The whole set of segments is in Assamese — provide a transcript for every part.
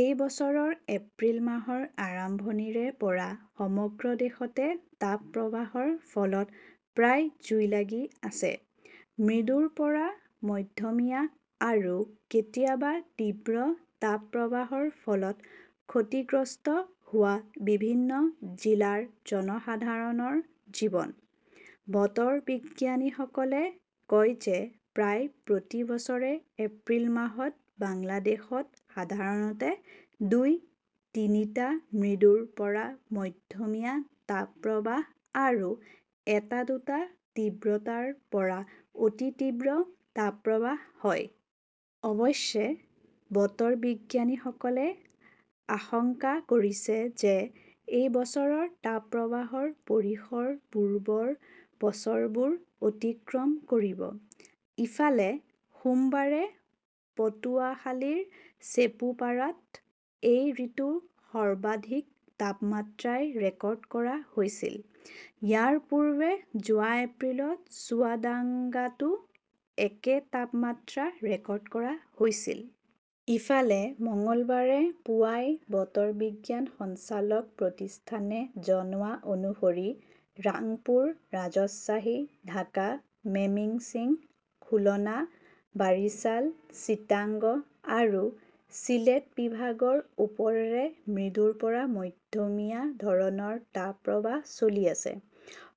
এই বছৰৰ এপ্ৰিল মাহৰ আৰম্ভণিৰে পৰা সমগ্ৰ দেশতে তাপপ্ৰবাহৰ ফলত প্ৰায় জুই লাগি আছে। মৃদুৰ পৰা মধ্যমীয়া আৰু কেতিয়াবা তীব্ৰ তাপপ্ৰবাহৰ ফলত ক্ষতিগ্ৰস্ত হোৱা বিভিন্ন জিলাৰ জনসাধাৰণৰ জীৱন। বতৰ বিজ্ঞানীসকলে কয় যে প্ৰায় প্ৰতি বছৰে এপ্ৰিল মাহত বাংলাদেশত সাধাৰণতে দুই, তিনিটা মৃদুৰ পৰা মধ্যমীয়া তাপপ্ৰবাহ আৰু এটা-দুটা তীব্ৰতাৰ পৰা অতি তীব্ৰ তাপপ্ৰবাহ হয়। অৱশ্যে, বতৰ বিজ্ঞানীসকলে আশংকা কৰিছে যে এই বছৰৰ তাপপ্ৰবাহৰ পৰিসৰ পূৰ্বৰ বছৰবোৰ অতিক্ৰম কৰিব। ইফালে, সোমবাৰে পটুৱাখালীৰ চেপুপাৰাত এই ঋতুৰ সৰ্বাধিক তাপমাত্ৰাই ৰেকৰ্ড কৰা হৈছিল। ইয়াৰ পূৰ্বে যোৱা এপ্ৰিলত চুৱাদাংগাতো একে তাপমাত্ৰা ৰেকৰ্ড কৰা হৈছিল। ইফালে, মঙলবাৰে পুৱাই বতৰ বিজ্ঞান সঞ্চালক প্ৰতিষ্ঠানে জনোৱা অনুসৰি, ৰাংপুৰ, ৰাজশ্বাহী, ঢাকা, মেমিন্সিং, খুলনা, বাৰিছাল, চিটাগং আৰু চিলেট বিভাগৰ ওপৰেৰে মৃদুৰ পৰা মধ্যমীয়া ধৰণৰ তাপপ্ৰবাহ চলি আছে।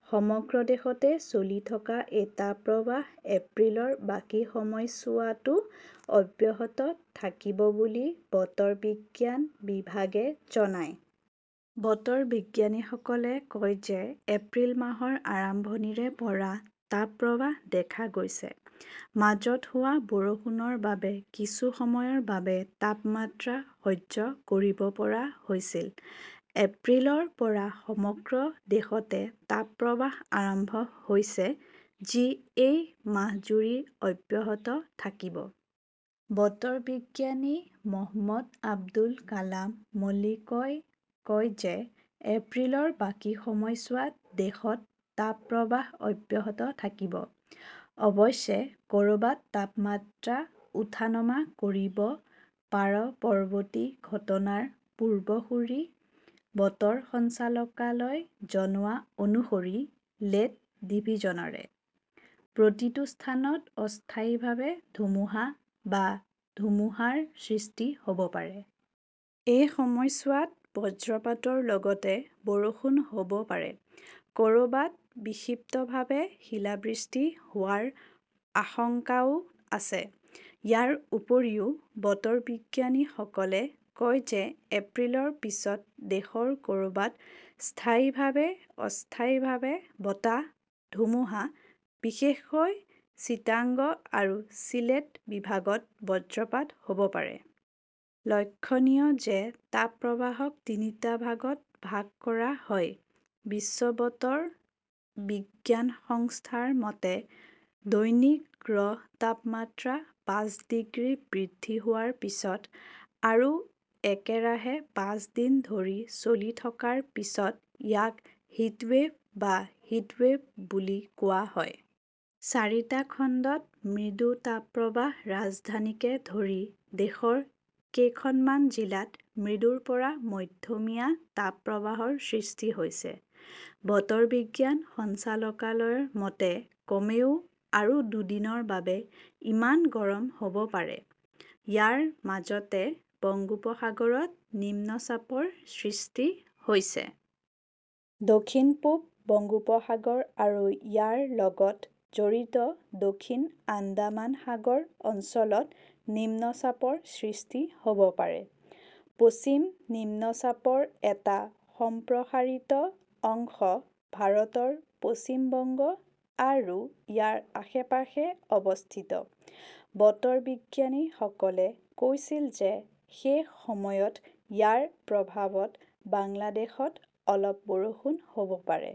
সমগ্ৰ দেশতে চলি থকা এই তাপপ্ৰবাহ এপ্ৰিলৰ বাকী সময়ছোৱাতো অব্যাহত থাকিব বুলি বতৰ বিজ্ঞান বিভাগে জনায়। বতৰ বিজ্ঞানীসকলে কয় যে এপ্ৰিল মাহৰ আৰম্ভণিৰে পৰা তাপপ্ৰবাহ দেখা গৈছে। মাজত হোৱা বৰষুণৰ বাবে কিছু সময়ৰ বাবে তাপমাত্ৰা সহ্য কৰিব পৰা হৈছিল। এপ্ৰিলৰ পৰা সমগ্ৰ দেশতে তাপপ্ৰবাহ আৰম্ভ হৈছে, যি এই মাহজুৰি অব্যাহত থাকিব। বতৰ বিজ্ঞানী মহম্মদ আবুল কালাম মল্লিকই কয় যে এপ্ৰিলৰ বাকী সময়ছোৱাত দেশত তাপপ্ৰবাহ অব্যাহত থাকিব। অৱশ্যে, ক'ৰবাত তাপমাত্ৰা উঠা নমা কৰিব পাৰপৰৱৰ্তী ঘটনাৰ পূৰ্বসূৰী বতৰ সঞ্চালকালয়ই জনোৱা অনুসৰি, লেট ডিভিজনৰে। প্ৰতিটো স্থানত অস্থায়ীভাৱে ধুমুহা বা ধুমুহাৰ সৃষ্টি হ'ব পাৰে। এই সময়ছোৱাত বজ্ৰপাতৰ লগতে বৰষুণ হ'ব পাৰে। ক'ৰবাত বিক্ষিপ্তভাৱে শিলাবৃষ্টি হোৱাৰ আশংকাও আছে। ইয়াৰ উপৰিও, বতৰ বিজ্ঞানীসকলে কয় যে এপ্ৰিলৰ পিছত দেশৰ ক'ৰবাত স্থায়ীভাৱে অস্থায়ীভাৱে বতাহ, ধুমুহা, বিশেষকৈ চিটাগং আৰু চিলেট বিভাগত বজ্ৰপাত হ'ব পাৰে। লক্ষণীয় যে তাপ প্ৰবাহক তিনিটা ভাগত ভাগ কৰা হয়। বিশ্ব বতৰ বিজ্ঞান সংস্থাৰ মতে, দৈনিক গঢ় তাপমাত্ৰা পাঁচ ডিগ্ৰী বৃদ্ধি হোৱাৰ পিছত আৰু একেৰাহে পাঁচ দিন ধৰি চলি থকাৰ পিছত ইয়াক হিটৱেভ বা হিটৱেভ বুলি কোৱা হয়। চাৰিটা খণ্ডত মৃদু তাপপ্ৰবাহ ৰাজধানীকে ধৰি দেশৰ কেইখনমান জিলাত মৃদুৰ পৰা মধ্যমীয়া তাপপ্ৰবাহৰ সৃষ্টি হৈছে। বতৰ বিজ্ঞান সঞ্চালকালয়ৰ মতে, কমেও আৰু দুদিনৰ বাবে ইমান গৰম হ'ব পাৰে। ইয়াৰ মাজতে বংগোপসাগৰত নিম্নচাপৰ সৃষ্টি হৈছে। দক্ষিণ-পূব বংগোপসাগৰ আৰু ইয়াৰ লগত জড়িত দক্ষিণ আন্দামান সাগৰ অঞ্চলত নিম্নচাপৰ সৃষ্টি হ'ব পাৰে। পশ্চিম নিম্নচাপৰ এটা সম্প্ৰসাৰিত অংশ ভাৰতৰ পশ্চিম বংগ আৰু ইয়াৰ আশে-পাশে অৱস্থিত। বতৰ বিজ্ঞানীসকলে কৈছিল যে, সেই সময়ত ইয়াৰ প্ৰভাৱত বাংলাদেশত অলপ বৰষুণ হ'ব পাৰে।